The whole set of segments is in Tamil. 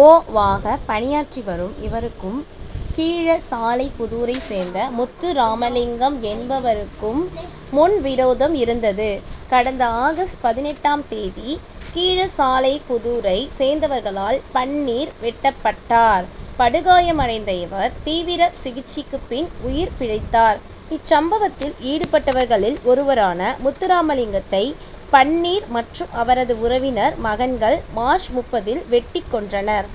ஓ. வாக பணியாற்றி வரும் இவருக்கும் கீழசாலைப்புதூரை சேர்ந்த முத்துராமலிங்கம் என்பவருக்கும் இடையே முன்விரோதம் இருந்தது. கடந்த ஆகஸ்ட் பதினெட்டாம் தேதி கீழசாலைப்புதூரை சேர்ந்தவர்களால் பன்னீர் வெட்டப்பட்டார். படுகாயமடைந்த இவர் தீவிர சிகிச்சைக்குப் பின் உயிர் பிழைத்தார். இச்சம்பவத்தில் ஈடுபட்டவர்களில் ஒருவரான முத்துராமலிங்கத்தை பன்னீர் மற்றும் அவரது உறவினர் மகன்கள் மார்ச் முப்பதில் வெட்டிக் கொன்றனர்.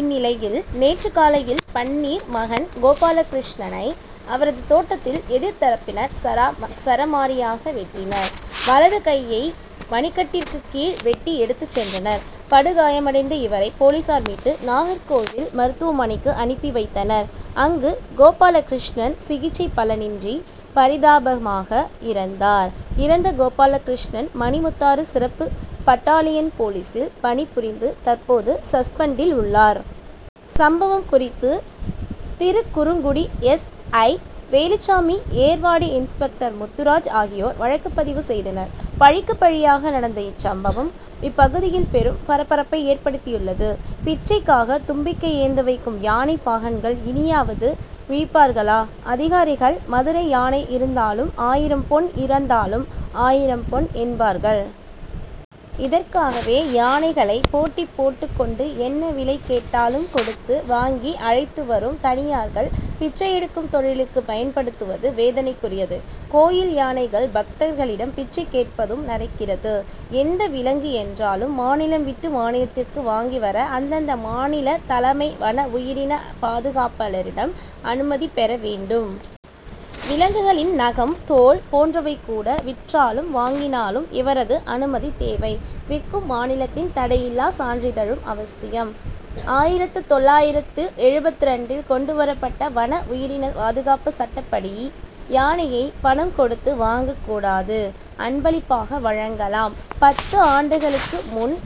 இந்நிலையில் நேற்று காலையில் பன்னீர் மகன் கோபாலகிருஷ்ணனை அவரது தோட்டத்தில் எதிர்தரப்பினர் சரமாரியாக வெட்டினர். வலது கையை மணிக்கட்டிற்கு கீழ் வெட்டி எடுத்துச் சென்றனர். படுகாயமடைந்த இவரை போலீசார் மீட்டு நாகர்கோவில் மருத்துவமனைக்கு அனுப்பி வைத்தனர். அங்கு கோபாலகிருஷ்ணன் சிகிச்சை பலனின்றி பரிதாபமாக இறந்தார். இறந்த கோபாலகிருஷ்ணன் மணிமுத்தாறு சிறப்பு பட்டாலியன் போலீசில் பணிபுரிந்து தற்போது சஸ்பெண்டில் உள்ளார். சம்பவம் குறித்து Thirukkurungudi S. I. Veluchamy Ervadi inspector Muthuraj ஆகியோர் வழக்கு பதிவு செய்தனர். பழிக்கு பழியாக நடந்த இச்சம்பவம் இப்பகுதியில் பெரும் பரபரப்பை ஏற்படுத்தியுள்ளது. பிச்சைக்காக தும்பிக்கை ஏந்த வைக்கும் யானை பாகன்கள் இனியாவது விழிப்பார்களா அதிகாரிகள் மதுரை யானை இருந்தாலும் ஆயிரம் பொன் இறந்தாலும் ஆயிரம் பொன் என்பார்கள். இதற்காகவே யானைகளை போட்டி போட்டுக்கொண்டு என்ன விலை கேட்டாலும் கொடுத்து வாங்கி அழைத்துவரும் தனியார்கள் பிச்சை எடுக்கும் தொழிலுக்கு பயன்படுத்துவது வேதனைக்குரியது. கோயில் யானைகள் பக்தர்களிடம் பிச்சை கேட்பதும் நடக்கிறது. எந்த விலங்கு என்றாலும் மாநிலம் விட்டு மாநிலத்திற்கு வாங்கி வர அந்தந்த மாநில தலைமை வனஉயிரின பாதுகாப்பாளரிடம் அனுமதி பெறவேண்டும். விலங்குகளின் நகம் தோல் போன்றவைகூட விற்றாலும் வாங்கினாலும் இவரது அனுமதி தேவை. விற்கும் மாநிலத்தின் தடையில்லா சான்றிதழும் அவசியம். ஆயிரத்து தொள்ளாயிரத்து எழுபத்திரண்டில் கொண்டுவரப்பட்ட வன உயிரின பாதுகாப்பு சட்டப்படி யானையை பணம் கொடுத்து வாங்கக்கூடாது. அன்பளிப்பாக வழங்கலாம். பத்து ஆண்டுகளுக்கு முன்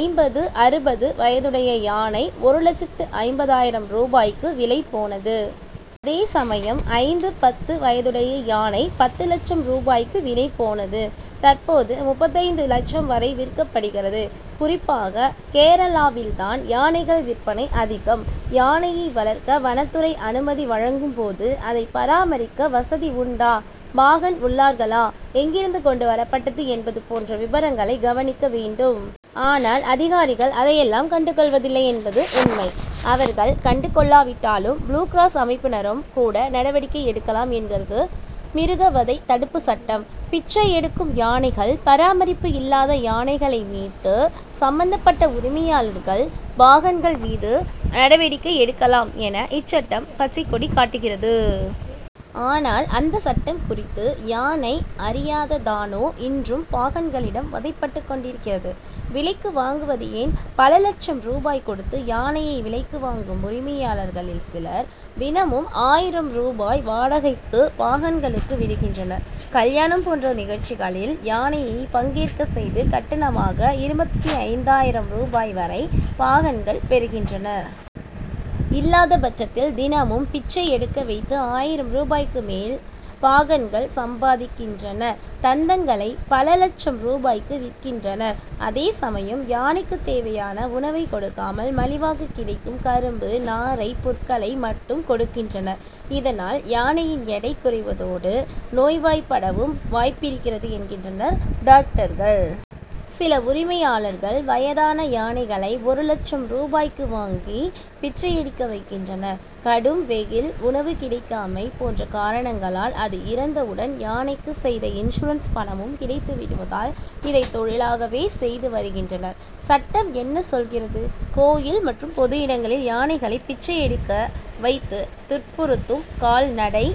ஐம்பது-அறுபது வயதுடைய யானை ஒரு லட்சத்து ஐம்பதாயிரம் ரூபாய்க்கு விலை போனது. அதேசமயம் ஐந்து-பத்து வயதுடைய யானை பத்து லட்சம் ரூபாய்க்கு விலை போனது. தற்போது முப்பத்தைந்து லட்சம் வரை விற்கப்படுகிறது. குறிப்பாக கேரளாவில்தான் யானைகள் விற்பனை அதிகம். யானையை வளர்க்க வனத்துறை அனுமதி வழங்கும் போது அதை பராமரிக்க வசதி உண்டா பாகன் உள்ளார்களா எங்கிருந்து கொண்டு வரப்பட்டது என்பது போன்ற விபரங்களை கவனிக்க வேண்டும். ஆனால் அதிகாரிகள் அதையெல்லாம் கண்டுகொள்வதில்லை என்பது உண்மை. அவர்கள் கண்டுகொள்ளாவிட்டாலும் புளூகிராஸ் அமைப்பினரும் கூட நடவடிக்கை எடுக்கலாம் என்கிறது மிருகவதை தடுப்பு சட்டம். பிச்சை எடுக்கும் யானைகள் பராமரிப்பு இல்லாத யானைகளை மீட்டு சம்பந்தப்பட்ட உரிமையாளர்கள் பாகன்கள் மீது நடவடிக்கை எடுக்கலாம் என இச்சட்டம் பச்சை கொடி காட்டுகிறது. ஆனால் அந்த சட்டம் குறித்து யானை அறியாததானோ இன்றும் பாகன்களிடம் வதைபட்டுக் கொண்டிருக்கிறது. விலைக்கு வாங்குவது ஏன். பல லட்சம் ரூபாய் கொடுத்து யானையை விலைக்கு வாங்கும் உரிமையாளர்களில் சிலர் தினமும் ஆயிரம் ரூபாய் வாடகைக்கு பாகன்களுக்கு விடுகின்றனர். கல்யாணம் போன்ற நிகழ்ச்சிகளில் யானையை பங்கேற்க செய்து கட்டணமாக இருபத்தைந்து ஆயிரம் ரூபாய் வரை பாகன்கள் பெறுகின்றனர். இல்லாதபட்சத்தில் தினமும் பிச்சை எடுக்க வைத்து ஆயிரம் ரூபாய்க்கு மேல் பாகன்கள் சம்பாதிக்கின்றனர். தந்தங்களை பல லட்சம் ரூபாய்க்கு விற்கின்றனர். அதேசமயம் யானைக்கு தேவையான உணவை கொடுக்காமல் மலிவாக கிடைக்கும் கரும்பு நாரைப் புற்களை மட்டும் கொடுக்கின்றனர். இதனால் யானையின் எடை குறைவதோடு நோய்வாய்ப்படவும் வாய்ப்பிருக்கிறது என்கின்றனர் டாக்டர்கள். சில உரிமையாளர்கள் வயதான யானைகளை ஒரு லட்சம் ரூபாய்க்கு வாங்கி பிச்சை எடுக்க வைக்கின்றனர். கடும் வெயில் உணவு கிடைக்காமை போன்ற காரணங்களால் அது இறந்தவுடன் யானைக்கு செய்த இன்சூரன்ஸ் பணமும் கிடைத்து விடுவதால் இதை தொழிலாகவே செய்து வருகின்றனர். சட்டம் என்ன சொல்கிறது. கோயில் மற்றும் பொது இடங்களில் யானைகளை பிச்சை எடுக்க வைத்து துன்புறுத்தும் கால்நடை.